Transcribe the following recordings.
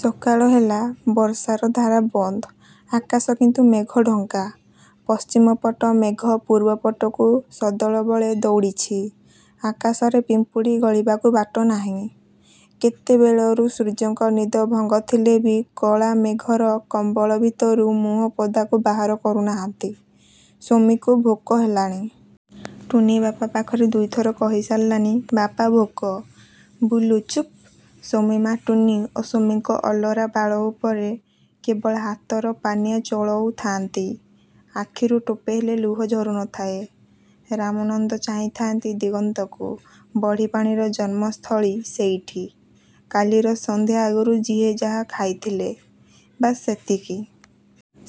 ସକାଳ ହେଲା। ବର୍ଷାର ଧାରା ବନ୍ଦ। ଆକାଶ କିନ୍ତୁ ମେଘ ଢଙ୍କା। ପଶ୍ଚିମପଟ ମେଘ ପୂର୍ବପଟକୁ ସଦଳବଳେ ଦଉଡ଼ିଛି। ଆକାଶରେ ପିମ୍ପୁଡ଼ି ଗଳିବାକୁ ବାଟ ନାହିଁ। କେତେବେଳରୁ ସୂର୍ଯ୍ୟଙ୍କ ନିଦ ଭାଙ୍ଗିଥିଲେ ବି କଳା-ମେଘର କମ୍ବଳ ଭିତରୁ ମୁହଁପଦାକୁ ବାହାର କରୁନାହାନ୍ତି। ସୁମିକୁ ଭୋକ ହେଲାଣି। ଟୁନୀ ବାପା ପାଖରେ ଦୁଇଥର କହିସାରିଲାଣି–'ବାପା, ଭୋକ। ' ବୁଲୁ ଚୁପ୍। ସୁମି-ମା ଟୁନୀ ଓ ସୁମିଙ୍କ ଅଲରା ବାଳ ଉପରେ କେବଳ ହାତର ପାନିଆ ଚଳଉଥାଆନ୍ତି। ଆଖିରୁ ଟୋପେ ହେଲେ ଲୁହ ଝରୁ ନଥାଏ। ରାମନନ୍ଦ ଚାହିଁଥାନ୍ତି ଦିଗନ୍ତକୁ–ବଢ଼ିପାଣିର ଜନ୍ମସ୍ଥଳୀ ସେଇଠି। କାଲିର ସଂଧ୍ୟା ଆଗରୁ ଯିଏ ଯାହା ଖାଇଥିଲେ–ବାସ୍ ସେତିକି।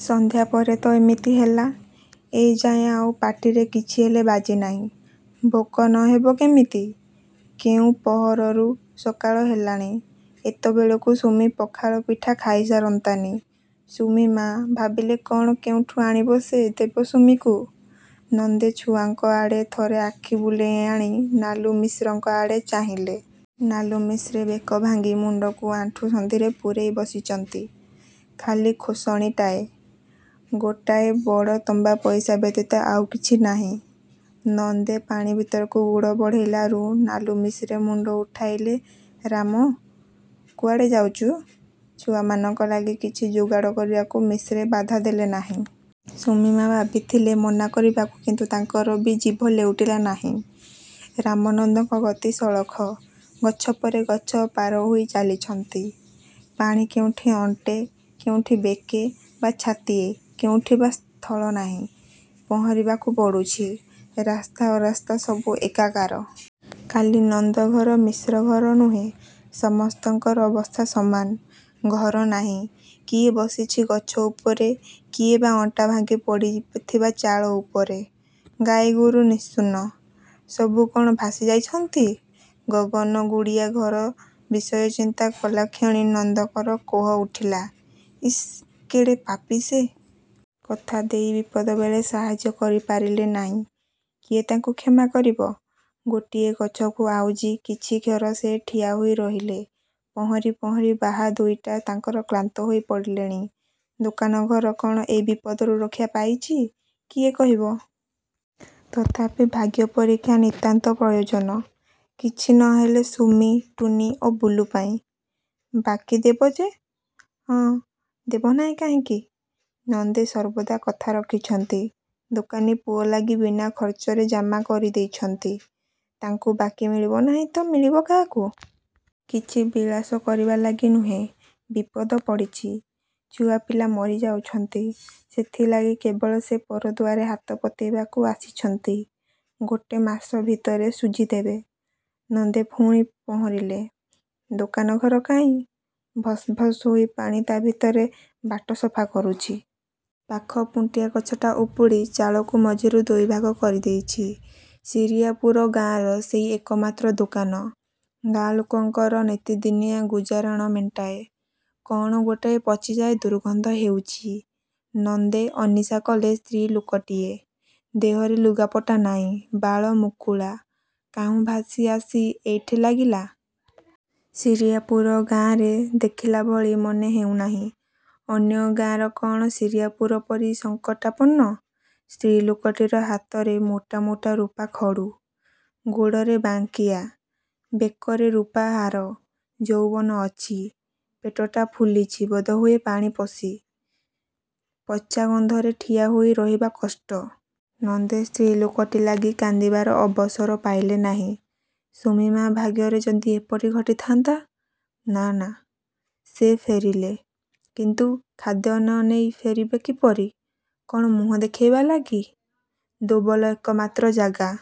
ସଂଧ୍ୟାପରେ ତ ଏମିତି ହେଲା। ଏ ଯାଏଁ ଆଉ ପାଟିରେ କିଛିହେଲେ ବାଜିନାଇଁ। ଭୋକ ନହେବ କେମିତି? କେଉଁ ପହରରୁ ସକାଳ ହେଲାଣି। ଏତେବେଳକୁ ସୁମି ପଖାଳ ପିଠା ଖାଇ ସାରନ୍ତାଣି। ସୁମି-ମା ଭାବିଲେ–କଣ କେଉଁଠୁ ଆଣି ସେ ଦେବେ ସୁମିକୁ? ନନ୍ଦେ ଛୁଆଙ୍କ ଆଡ଼େ ଥରେ ଆଖି ବୁଲେଇଆଣି ନାଲୁମିଶ୍ରଙ୍କ ଆଡ଼େ ଚାହିଁଲେ। ନାଲୁମିଶ୍ରେ ବେକଭାଙ୍ଗି ମୁଣ୍ଡକୁ ଆଣ୍ଠୁ-ସନ୍ଧିରେ ପୂରେଇ ବସିଚନ୍ତି। ଖାଲି ଖୋଷଣୀଟାଏ। ଗୋଟାଏ ବଡ଼ ତମ୍ବା ପଇସା ବ୍ୟତୀତ ଆଉ କିଛି ନାହିଁ। ନନ୍ଦେ ପାଣି ଭିତରକୁ ଗୋଡ଼ ବଢ଼େଇଲାରୁ ନାଲୁମିଶ୍ରେ ମୁଣ୍ଡ ଉଠେଇଲେ–ରାମ! କୁଆଡ଼େ ଯାଉଚୁ? –''ଛୁଆମାନଙ୍କ ଲାଗି କିଛି ଯୋଗାଡ଼ କରିବାକୁ ମିଶ୍ରେ ବାଧାଦେଲେ ନାହିଁ। ସୁମି-ମା ଭାବିଥିଲେ ମନା କରିବାକୁ କିନ୍ତୁ ତାଙ୍କର ବି ଜିଭ ଲେଉଟିଲା ନାହିଁ। ରାମନନ୍ଦଙ୍କ ଗତି ସଳଖ। ଗଛ ପରେ ଗଛ ପାରହୋଇ ଚାଲିଛନ୍ତି। ପାଣି କେଉଁଠି ଅଣ୍ଟେ, କେଉଁଠି ବେକେ ବା ଛାତିଏ, କେଉଁଠ ବା ଥଳ ନାହିଁ। ପହଁରିବାକୁ ପଡ଼ୁଚି। ରାସ୍ତା ଅରାସ୍ତା ସବୁ ଏକାକାର। ଖାଲି ନନ୍ଦଘର ମିଶ୍ରଘର ନୁହେଁ–ସମସ୍ତଙ୍କର ଅବସ୍ଥା ସମାନ। ଘର ନାହିଁ। କିଏ ବସିଚି ଗଛ ଉପରେ କିଏବା ଅଣ୍ଟାଭାଙ୍ଗି ପଡ଼ିଥିବା ଚାଳ ଉପରେ। ଗାଈଗୋରୁ ନିଶୂନ୍। ସବୁ କଣ ଭାସି ଯାଇଛନ୍ତି? ଗଗନ ଗୁଡ଼ିଆ ଘର ବିଷୟ ଚିନ୍ତା କଲାକ୍ଷଣି ନନ୍ଦଙ୍କର କୋହ ଉଠିଲା। ଇସ୍ କେଡ଼େ ପାପୀ ସେ? କଥାଦେଇ ବିପଦବେଳେ ସାହାଯ୍ୟ କରିପାରିଲେ ନାଇଁ। କିଏ ତାଙ୍କୁ କ୍ଷମା କରିବ? ଗୋଟିଏ ଗଛକୁ ଆଉଜି କିଛିକ୍ଷର ସେ ଠିଆ ହୋଇ ରହିଲେ। ପହଁରି ପହଁରି ବାହା ଦୁଇଟା ତାଙ୍କର କ୍ଳାନ୍ତ ହୋଇପଡ଼ିଲେଣି। ଦୋକାନ ଘର କଣ ଏ ବିପଦରୁ ରକ୍ଷା ପାଇଚି? କିଏ କହିବ? ତଥାପି ଭାଗ୍ୟ ପରୀକ୍ଷା ନିତାନ୍ତ ପ୍ରୟୋଜନ। କିଛି ନହେଲେ ସୁମି, ଟୁନୀ ଓ ବୁଲୁ ପାଇଁ। ବାକି ଦେବ ଯେ? ହଁ, ଦେବନାହିଁ କାହିଁକି। ନନ୍ଦେ ସର୍ବଥା କଥା ରଖିଛନ୍ତି। ଦୋକାନୀ ପୁଅଲାଗି ବିନା ଖର୍ଚ୍ଚରେ ଜାମାକରି ଦେଇଛନ୍ତି। ତାଙ୍କୁ ବାକୀ ମିଳିବ ନାହିଁ ତ ମିଳିବ କାହାକୁ? କିଛି ବିଳାସ କରିବାଲାଗି ନୁହେଁ। ବିପଦ ପଡ଼ିଚି। ଛୁଆପିଲା ମରିଯାଉଛନ୍ତି। ସେଥିଲାଗି କେବଳ ସେ ପରଦୁଆରରେ ହାତ ପତେଇବାକୁ ଆସିଛନ୍ତି। ଗୋଟେ ମାସ ଭିତରେ ଶୁଝିଦେବେ। ନନ୍ଦେ ପୁଣି ପହଁରିଲେ। ଦୋକାନଘର କାହିଁ? ଭସ୍ ଭସ୍ ହୋଇ ପାଣି ତା' ଭିତରେ ବାଟ ସଫା କରୁଚି। ପାଖ ପୁଣ୍ଟିଆ ଗଛଟା ଉପୁଡ଼ି ଚାଳକୁ ମଝିରୁ ଦୁଇଭାଗ କରିଦେଇଚି। ଶିରିଆପୁର ଗାଁର ସେଇ ଏକମାତ୍ର ଦୋକାନ। ଗାଁ ଲୋକଙ୍କର ନିତିଦିନିଆ ଗୁଜରାଣ ମେଣ୍ଟାଏ। କଣ ଗୋଟାଏ ପଚିଯାଇ ଦୁର୍ଗନ୍ଧ ହେଉଚି। ନନ୍ଦେ ଅନିଷା କଲେ–ସ୍ତ୍ରୀ ଲୋକଟିଏ। ଦେହରେ ଲୁଗାପଟା ନାହିଁ। ବାଳ ମୁକୁଳା। କାହୁଁ ଭାସି ଆସି ଏଠି ଲାଗିଲା? ଶିରିଆପୁର ଗାଁରେ ଦେଖିଲା ଭଳି ମନେ ହେଉନାଇଁ। ଅନ୍ୟ ଗାଁ କଣ ଶିରିଆପୁର ପରି ସଂକଟାପନ୍ନ। ସ୍ତ୍ରୀ ଲୋକଟିର ହାତରେ ମୋଟା ମୋଟା ରୂପାଖଡ଼ୁ। ଗୋଡ଼ରେ ବାଙ୍କିଆ। ବେକରେ ରୂପା ହାର। ଯୌବନ ଅଛି-। ପେଟଟା ଫୁଲିଚି ବୋଧହୁଏ ପାଣି ପଶି। ପଚାଗନ୍ଧରେ ଠିଆ ହୋଇ ରହିବା କଷ୍ଟ। ନନ୍ଦେ ସ୍ତ୍ରୀଲୋକଟି ଲାଗି କାନ୍ଦିବାର ଅବସର ପାଇଲେ ନାହିଁ। ସୁମି-ମା ଭାଗ୍ୟରେ ଯଦି ଏପରି ଘଟିଥାନ୍ତା? ନା... ନା। ସେ ଫେରିଲେ। କିନ୍ତୁ ଖାଦ୍ୟ ନ ନେଇ ଫେରିବେ କିପରି। କଣ, ମୁହଁ ଦେଖାଇବା ଲାଗି? ଦୋବଲ ଏକମାତ୍ର ଜାଗା।